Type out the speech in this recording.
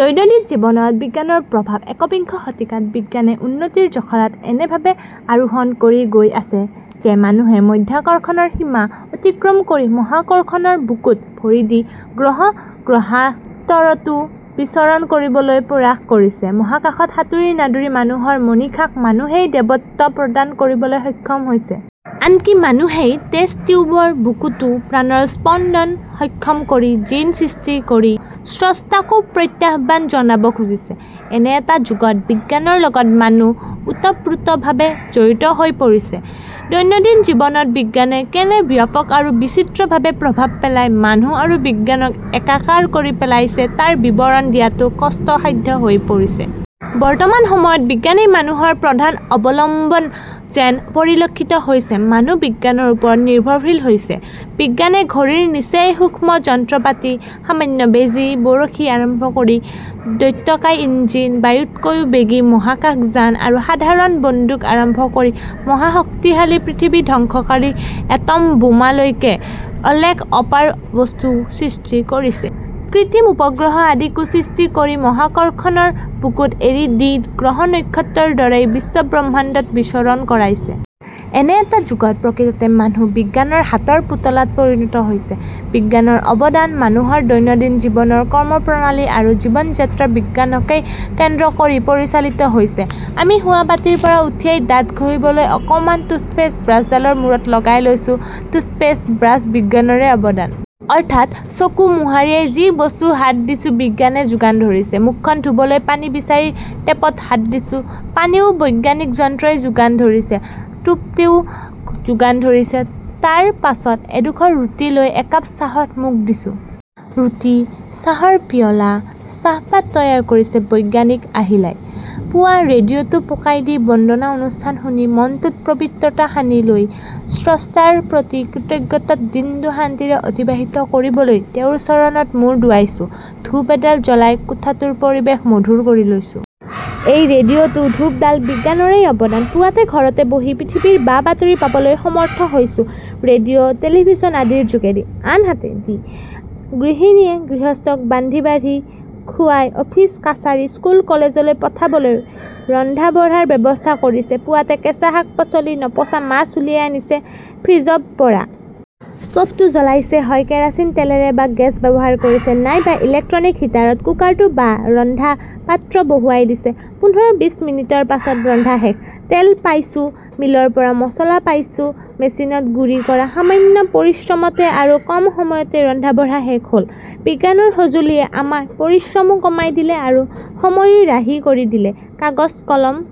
দৈনন্দিন জীৱনত বিজ্ঞানৰ প্ৰভাৱ একবিংশ শতিকাত বিজ্ঞানে উন্নতিৰ জখলাত এনেভাবে আৰোহণ কৰি গৈ আছে যে মানুহে মাধ্যাকৰ্ষণৰ সীমা অতিক্ৰম কৰি মহাকৰ্ষণৰ বুকুত ভৰি দি গ্ৰহ-গ্ৰহান্তৰতো বিচৰণ কৰিবলৈ প্ৰয়াস কৰিছে। মহাকাশত সাঁতুৰি-নাদুৰি মানুহৰ মনীষাক মানুহেই দেৱত্ব প্ৰদান কৰিবলৈ সক্ষম হৈছে। আনকি মানুহেই টেষ্ট টিউবৰ বুকুতো প্ৰাণৰ স্পন্দন সক্ষম কৰি, জিন সৃষ্টি কৰি স্ৰষ্টাকো প্ৰত্যাহ্বান জনাব খুজিছে। এনে এটা যুগত বিজ্ঞানৰ লগত মানুহ ওতপ্ৰোতভাৱে জড়িত হৈ পৰিছে। দৈনন্দিন জীৱনত বিজ্ঞানে কেনে ব্যাপক আৰু বিচিত্ৰভাবে প্ৰভাৱ পেলাই মানুহ আৰু বিজ্ঞানক একাকাৰ কৰি পেলাইছে তাৰ বিৱৰণ দিয়াটো কষ্ট-সাধ্য হৈ পৰিছে। বৰ্তমান সময়ত বিজ্ঞানেই মানুহৰ প্ৰধান অৱলম্বন যেন পৰিলক্ষিত হৈছে। মানুহ বিজ্ঞানৰ ওপৰত নিৰ্ভৰশীল হৈছে: বিজ্ঞানে ঘড়ীৰ নিচেই সূক্ষ্ম যন্ত্ৰপাতি, সামান্য বেজী, বৰশী আৰম্ভ কৰি দৈত্যকায় ইঞ্জিন, বায়ুতকৈও বেগী মহাকাশযান আৰু সাধাৰণ বন্দুক আৰম্ভ কৰি মহাশক্তিশালী, পৃথিৱী ধ্বংসকাৰী এটম বোমালৈকে অলেখ অপাৰ বস্তু সৃষ্টি কৰিছে, কৃত্ৰিম উপগ্ৰহ আদিকো সৃষ্টি কৰি মহাকৰ্ষণৰ বুকুত এৰি দি গ্ৰহ-নক্ষত্ৰৰ দৰেই বিশ্বব্ৰহ্মাণ্ডত বিচৰণ কৰাইছে। এনে এটা যুগত প্ৰকৃততে মানুহ বিজ্ঞানৰ হাতৰ পুতলাত পৰিণত হৈছে। বিজ্ঞানৰ অৱদান: মানুহৰ দৈনন্দিন জীৱনৰ কৰ্ম-প্ৰণালী আৰু জীৱন-যাত্ৰা বিজ্ঞানকেই কেন্দ্ৰ কৰি পৰিচালিত হৈছে। আমি শোৱা পাটীৰ পৰা উঠিয়েই দাঁত ঘঁহিবলৈ অকণমান টুথপেষ্ট ব্ৰাছডালৰ মূৰত লগাই লৈছো, টুথপেষ্ট, ব্ৰাছ বিজ্ঞানৰে অৱদান। অৰ্থাৎ চকু মোহাৰিয়ে যি বস্তুত হাত দিছো বিজ্ঞানে যোগান ধৰিছে। মুখখন ধুবলৈ পানী বিচাৰি টেপত হাত দিছোঁ, পানীও বৈজ্ঞানিক যন্ত্ৰই যোগান ধৰিছে; টেপটোও যোগান ধৰিছে, তাৰ পাছত এডোখৰ ৰুটি লৈ একাপ চাহত মুখ দিছো। ৰুটি, চাহৰ পিয়লা, চাহপাত তৈয়াৰ কৰিছে বৈজ্ঞানিক আহিলাই। পুৱা ৰেডিঅ'টো পকাই দি বন্দনা অনুষ্ঠান শুনি মনটোত পবিত্ৰতা সানি লৈ স্ৰষ্টাৰ প্ৰতি কৃতজ্ঞতাত দিনটো শান্তিৰে অতিবাহিত কৰিবলৈ তেওঁৰ চৰণত মুৰ দোৱাইছোঁ, ধূপ এডাল জ্বলাই কোঠাটোৰ পৰিৱেশ মধুৰ কৰি লৈছো। এই ৰেডিঅ টো, ধূপ ডাল বিজ্ঞানৰেই অৱদান। পুৱাতে ঘৰতে বহি পৃথিৱীৰ বা বাতৰি পাবলৈ সমৰ্থ হৈছো ৰেডিঅ', টেলিভিছন আদিৰ যোগেদি। আনহাতে দি গৃহিণীয়ে গৃহস্থক বান্ধি-বাঢ়ি খুবাই অফিচ-কাছাৰী, স্কুল-কলেজলৈ পঠাবলৈ ৰন্ধা বঢ়াৰ ব্যৱস্থা কৰিছে, পুৱাতে কেঁচা শাক-পাচলি, নপচা মাছ উলিয়াই আনিছে ফ্ৰিজব পৰা। স্টোভটো জ্বলাইছে হয় কেৰাচিন তেলেৰে বা গেছ ব্যৱহাৰ কৰিছে- নাইবা ইলেকট্ৰিক হিটাৰত কুকাৰটো বা ৰন্ধা পাত্ৰ বহুৱাই দিছে; পোন্ধৰ-বিশ মিনিটৰ পাছত ৰন্ধা শেষ। তেল পাইছো মিলৰ পৰা, মছলা পাইছো মেচিনত গুৰি কৰা; সামান্য পৰিশ্ৰমতে আৰু কম সময়তে ৰন্ধাবঢ়া শেষ হ'ল; বিজ্ঞানৰ সঁজুলিয়ে আমাৰ পৰিশ্ৰমো কমাই দিলে আৰু সময়ো ৰাহি কৰি দিলে। কাগজ, কলম,